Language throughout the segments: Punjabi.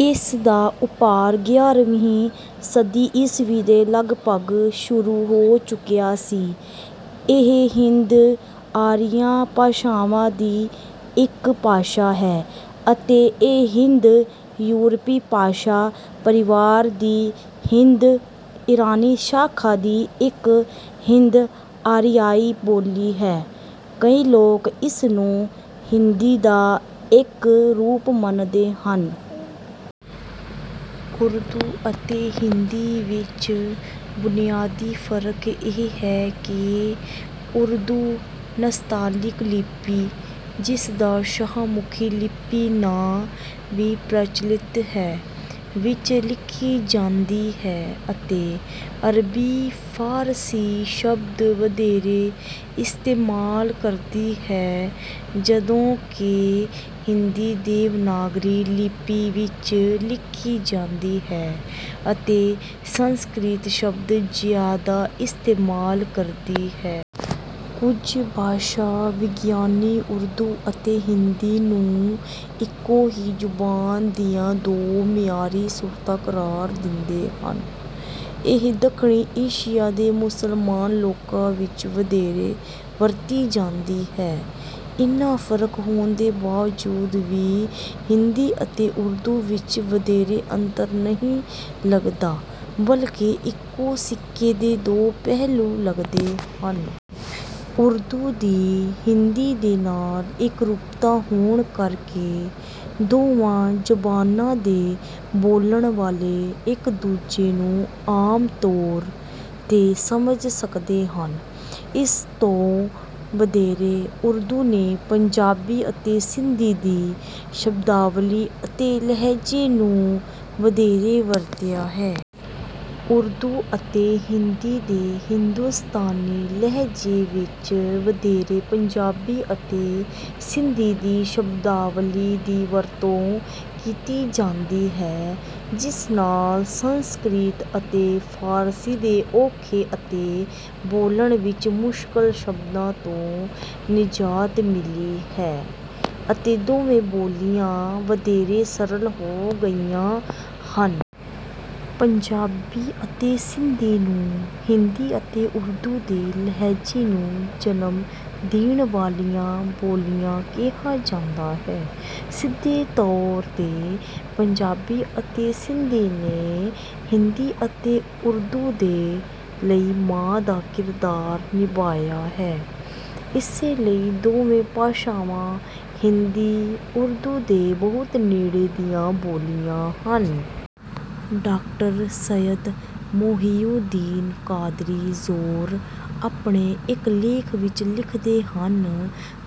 ਇਸ ਦਾ ਉਭਾਰ ਗਿਆਰ੍ਹਵੀਂ ਸਦੀ ਈਸਵੀ ਦੇ ਲਗਭਗ ਸ਼ੁਰੂ ਹੋ ਚੁੱਕਿਆ ਸੀ। ਇਹ ਹਿੰਦ-ਆਰੀਆ ਭਾਸ਼ਾਵਾਂ ਦੀ ਇੱਕ ਭਾਸ਼ਾ ਹੈ ਅਤੇ ਇਹ ਹਿੰਦ-ਯੂਰਪੀ ਭਾਸ਼ਾ-ਪਰਿਵਾਰ ਦੀ ਹਿੰਦ-ਇਰਾਨੀ ਸ਼ਾਖਾ ਦੀ ਇੱਕ ਹਿੰਦ-ਆਰੀਆਈ ਬੋਲੀ ਹੈ। ਕਈ ਲੋਕ ਇਸਨੂੰ ਹਿੰਦੀ ਦਾ ਇੱਕ ਰੂਪ ਮੰਨਦੇ ਹਨ। ਉਰਦੂ ਅਤੇ ਹਿੰਦੀ ਵਿੱਚ ਬੁਨਿਆਦੀ ਫ਼ਰਕ ਇਹ ਹੈ ਕਿ ਉਰਦੂ ਨਸਤਾਲੀਕ ਲਿਪੀ, ਜਿਸਦਾ ਸ਼ਾਹਮੁਖੀ ਲਿਪੀ ਨਾਂ ਵੀ ਪ੍ਰਚਲਿਤ ਹੈ, ਵਿੱਚ ਲਿਖੀ ਜਾਂਦੀ ਹੈ ਅਤੇ ਅਰਬੀ-ਫ਼ਾਰਸੀ ਸ਼ਬਦ ਵਧੇਰੇ ਇਸਤੇਮਾਲ ਕਰਦੀ ਹੈ। ਜਦੋਂ ਕਿ ਹਿੰਦੀ ਦੇਵਨਾਗਰੀ ਲਿਪੀ ਵਿੱਚ ਲਿਖੀ ਜਾਂਦੀ ਹੈ ਅਤੇ ਸੰਸਕ੍ਰਿਤ ਸ਼ਬਦ ਜ਼ਿਆਦਾ ਇਸਤੇਮਾਲ ਕਰਦੀ ਹੈ। ਕੁਝ ਭਾਸ਼ਾ-ਵਿਗਿਆਨੀ ਉਰਦੂ ਅਤੇ ਹਿੰਦੀ ਨੂੰ ਇੱਕੋ ਹੀ ਜ਼ੁਬਾਨ ਦੀਆਂ ਦੋ ਮਿਆਰੀ ਸੂਰਤਾਂ ਕਰਾਰ ਦਿੰਦੇ ਹਨ। ਇਹ ਦੱਖਣੀ ਏਸ਼ੀਆ ਦੇ ਮੁਸਲਮਾਨ ਲੋਕਾਂ ਵਿੱਚ ਵਧੇਰੇ ਵਰਤੀ ਜਾਂਦੀ ਹੈ। ਇੰਨਾ ਫ਼ਰਕ ਹੋਣ ਦੇ ਬਾਵਜੂਦ ਵੀ ਹਿੰਦੀ ਅਤੇ ਉਰਦੂ ਵਿੱਚ ਵਧੇਰੇ ਅੰਤਰ ਨਹੀਂ ਲਗਦਾ, ਬਲਕਿ ਇੱਕੋ ਸਿੱਕੇ ਦੇ ਦੋ ਪਹਿਲੂ ਲਗਦੇ ਹਨ। ਉਰਦੂ ਦੀ ਹਿੰਦੀ ਦੇ ਨਾਲ ਇੱਕਰੂਪਤਾ ਹੋਣ ਕਰਕੇ, ਦੋਵਾਂ ਜ਼ਬਾਨਾਂ ਦੇ ਬੋਲਣ ਵਾਲੇ ਇੱਕ ਦੂਜੇ ਨੂੰ ਆਮ ਤੌਰ 'ਤੇ ਸਮਝ ਸਕਦੇ ਹਨ। ਇਸ ਤੋਂ ਵਧੇਰੇ ਉਰਦੂ ਨੇ ਪੰਜਾਬੀ ਅਤੇ ਸਿੰਧੀ ਦੀ ਸ਼ਬਦਾਵਲੀ ਅਤੇ ਲਹਿਜੇ ਨੂੰ ਵਧੇਰੇ ਵਰਤਿਆ ਹੈ। ਉਰਦੂ ਅਤੇ ਹਿੰਦੀ ਦੇ ਹਿੰਦੁਸਤਾਨੀ ਲਹਿਜੇ ਵਿੱਚ ਵਧੇਰੇ ਪੰਜਾਬੀ ਅਤੇ ਸਿੰਧੀ ਦੀ ਸ਼ਬਦਾਵਲੀ ਦੀ ਵਰਤੋਂ ਕੀਤੀ ਜਾਂਦੀ ਹੈ, ਜਿਸ ਨਾਲ ਸੰਸਕ੍ਰਿਤ ਅਤੇ ਫ਼ਾਰਸੀ ਦੇ ਔਖੇ ਅਤੇ ਬੋਲਣ ਵਿੱਚ ਮੁਸ਼ਕਲ ਸ਼ਬਦਾਂ ਤੋਂ ਨਿਜਾਤ ਮਿਲੀ ਹੈ, ਅਤੇ ਦੋਵੇਂ ਬੋਲੀਆਂ ਵਧੇਰੇ ਸਰਲ ਹੋ ਗਈਆਂ ਹਨ। ਪੰਜਾਬੀ ਅਤੇ ਸਿੰਧੀ ਨੂੰ ਹਿੰਦੀ ਅਤੇ ਉਰਦੂ ਦੇ ਲਹਿਜੇ ਨੂੰ ਜਨਮ ਦੇਣ ਵਾਲੀਆਂ ਬੋਲੀਆਂ ਕਿਹਾ ਜਾਂਦਾ ਹੈ। ਸਿੱਧੇ ਤੌਰ 'ਤੇ ਪੰਜਾਬੀ ਅਤੇ ਸਿੰਧੀ ਨੇ ਹਿੰਦੀ ਅਤੇ ਉਰਦੂ ਦੇ ਲਈ ਮਾਂ ਦਾ ਕਿਰਦਾਰ ਨਿਭਾਇਆ ਹੈ, ਇਸੇ ਲਈ ਦੋਵੇਂ ਭਾਸ਼ਾਵਾਂ ਹਿੰਦੀ-ਉਰਦੂ ਦੇ ਬਹੁਤ ਨੇੜੇ ਦੀਆਂ ਬੋਲੀਆਂ ਹਨ। ਡਾ. ਸੱਯਦ ਮੁਹੀਉਦੀਨ ਕ਼ਾਦਰੀ ਜ਼ੋਰ ਆਪਣੇ ਇੱਕ ਲੇਖ ਵਿੱਚ ਲਿਖਦੇ ਹਨ: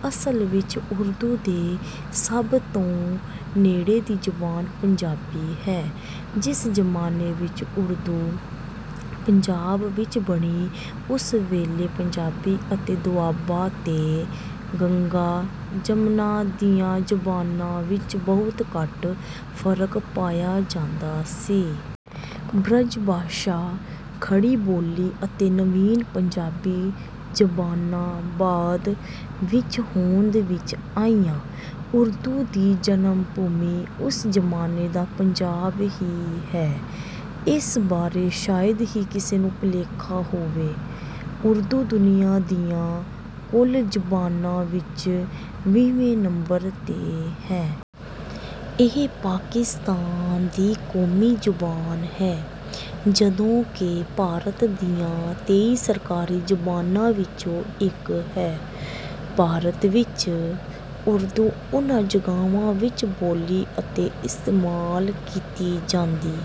ਅਸਲ ਵਿੱਚ ਉਰਦੂ ਦੇ ਸਭ ਤੋਂ ਨੇੜੇ ਦੀ ਜ਼ਬਾਨ ਪੰਜਾਬੀ ਹੈ। ਜਿਸ ਜ਼ਮਾਨੇ ਵਿੱਚ ਉਰਦੂ ਪੰਜਾਬ ਵਿੱਚ ਬਣੀ ਉਸ ਵੇਲੇ ਪੰਜਾਬੀ ਅਤੇ ਦੁਆਬਾ ਤੇ ਗੰਗਾ-ਜਮਨਾ ਦੀਆਂ ਜ਼ਬਾਨਾਂ ਵਿੱਚ ਬਹੁਤ ਘੱਟ ਫ਼ਰਕ ਪਾਇਆ ਜਾਂਦਾ ਸੀ। ਬ੍ਰਜ ਭਾਸ਼ਾ, ਖੜੀ ਬੋਲੀ ਅਤੇ ਨਵੀਨ ਪੰਜਾਬੀ ਜ਼ਬਾਨਾਂ ਬਾਅਦ ਵਿੱਚ ਹੋਂਦ ਵਿੱਚ ਆਈਆਂ। ਉਰਦੂ ਦੀ ਜਨਮ ਭੂਮੀ ਉਸ ਜ਼ਮਾਨੇ ਦਾ ਪੰਜਾਬ ਹੀ ਹੈ, ਇਸ ਬਾਰੇ ਸ਼ਾਇਦ ਹੀ ਕਿਸੇ ਨੂੰ ਭੁਲੇਖਾ ਹੋਵੇ। ਉਰਦੂ ਦੁਨੀਆ ਦੀਆਂ ਕੁੱਲ ਜ਼ੁਬਾਨਾਂ ਵਿੱਚ ਵੀਹਵੇਂ ਨੰਬਰ 'ਤੇ ਹੈ। ਇਹ ਪਾਕਿਸਤਾਨ ਦੀ ਕੌਮੀ ਜ਼ੁਬਾਨ ਹੈ, ਜਦੋਂ ਕਿ ਭਾਰਤ ਦੀਆਂ ਤੇਈ ਸਰਕਾਰੀ ਜ਼ੁਬਾਨਾਂ ਵਿੱਚੋਂ ਇੱਕ ਹੈ। ਭਾਰਤ ਵਿੱਚ, ਉਰਦੂ ਉਨ੍ਹਾਂ ਜਗ੍ਹਾਵਾਂ ਵਿੱਚ ਬੋਲੀ ਅਤੇ ਇਸਤੇਮਾਲ ਕੀਤੀ ਜਾਂਦੀ